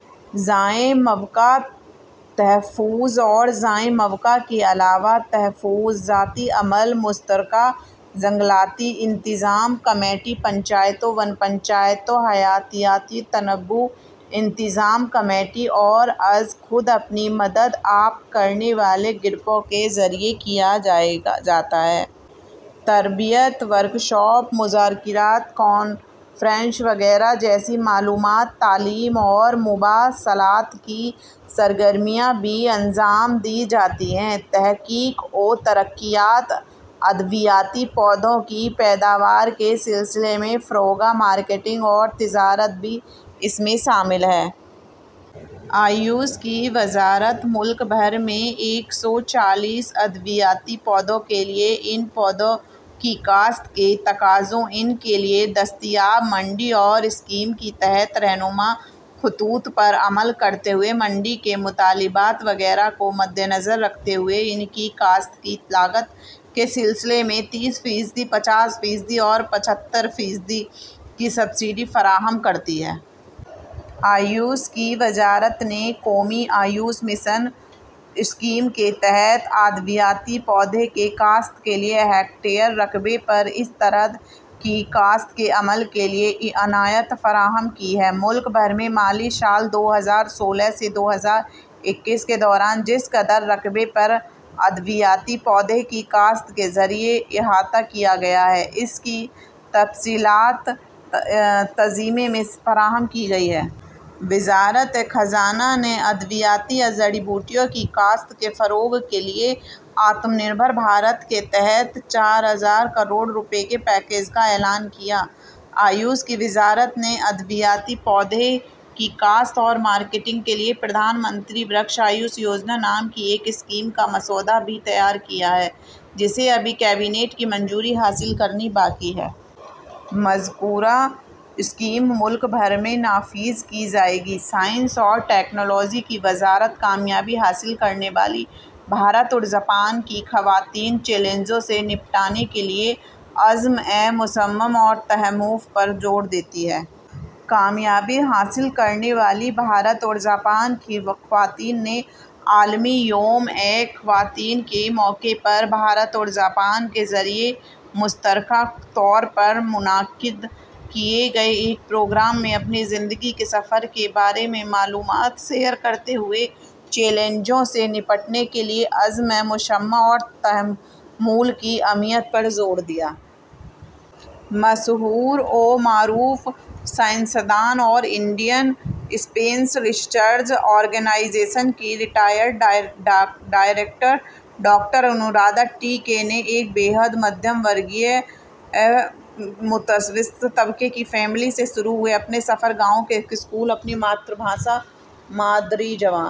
جائے موقع تحفظ اور جائے موقع کے علاوہ تحفظاتی عمل، مشترکہ جنگلاتی انتظام کمیٹی، پنچایتوں، ون پنچایتوں، حیاتیاتی تنوع انتظام کمیٹی اور از خود اپنی مدد آپ کرنے والے گروپوں کے ذریعے کیا جاتا ہے۔ تربیت، ورکشاپ، مذاکرات، کانفرنس وغیرہ جیسی معلومات، تعلیم اور مواصلات کی سرگرمیاں بھی انجام دی جاتی ہیں۔ تحقیق و ترقیات، ادویاتی پودوں کی پیداوار کے سلسلے میں فروغ، مارکیٹنگ اور تجارت بھی اس میں شامل ہیں۔ آیوش کی وزارت ملک بھر میں ایک سو چالیس ادویاتی پودوں کے لیے، ان پودوں کی کاشت کے تقاضوں، ان کے لیے دستیاب منڈی اور اسکیم کے تحت رہنما خطوط پر عمل کرتے ہوئے منڈی کے مطالبات وغیرہ کو مدنظر رکھتے ہوئے ان کی کاشت کی لاگت کے سلسلے میں تیس فیصد، پچاس فیصد اور پچھتر فیصد کی سبسڈی فراہم کرتی ہے۔ آیوش کی وزارت نے قومی آیوش مشن اسکیم کے تحت ادویاتی پودوں کی کاشت کے لیے ہیکٹیئر رقبے پر اس طرح کی کاشت کے عمل کے لیے اعانت فراہم کی ہے۔ ملک بھر میں مالی سال دو ہزار سولہ سے دو ہزار اکیس کے دوران جس قدر رقبے پر ادویاتی پودوں کی کاشت کے ذریعے احاطہ کیا گیا ہے، اس کی تفصیلات ضمیمے میں فراہم کی گئی ہیں۔ وزارت خزانہ نے ادویاتی یا جڑی بوٹیوں کی کاشت کے فروغ کے لیے آتم نربھر بھارت کے تحت کروڑ روپے کے پیکیج کا اعلان کیا ہے۔ آیوش کی وزارت نے ادویاتی پودوں کی کاشت اور مارکیٹنگ کے لیے پردھان منتری ورکش آیوش یوجنا نام کی ایک اسکیم کا مسودہ بھی تیار کیا ہے، جسے ابھی کابینہ کی منظوری حاصل ہونی باقی ہے۔ مذکورہ اسکیم ملک بھر میں نافذ کی جائے گی۔ سائنس اور ٹیکنالوجی کی وزارت۔ کامیابی حاصل کرنے والی بھارت اور جاپان کی خواتین چیلنجوں سے نمٹنے کے لیے عزم مصمم اور تحمل پر زور دیتی ہیں۔ کامیابی حاصل کرنے والی بھارت اور جاپان کی خواتین نے عالمی یوم خواتین کے موقع پر بھارت اور جاپان کے ذریعے مشترکہ طور پر منعقد کیے گئے ایک پروگرام میں اپنی زندگی کے سفر کے بارے میں معلومات شیئر کرتے ہوئے چیلنجوں سے نمٹنے کے لیے عزم مصمم اور تحمل کی اہمیت پر زور دیا۔ مشہور و معروف سائنس دان اور انڈین اسپیس ریسرچ آرگنائزیشن کی retired director doctor Anuradha T K نے ایک انتہائی متوسط طبقے کی فیملی سے شروع ہوئے اپنے سفر، گاؤں کے ایک اسکول سے اپنی مادری زبان...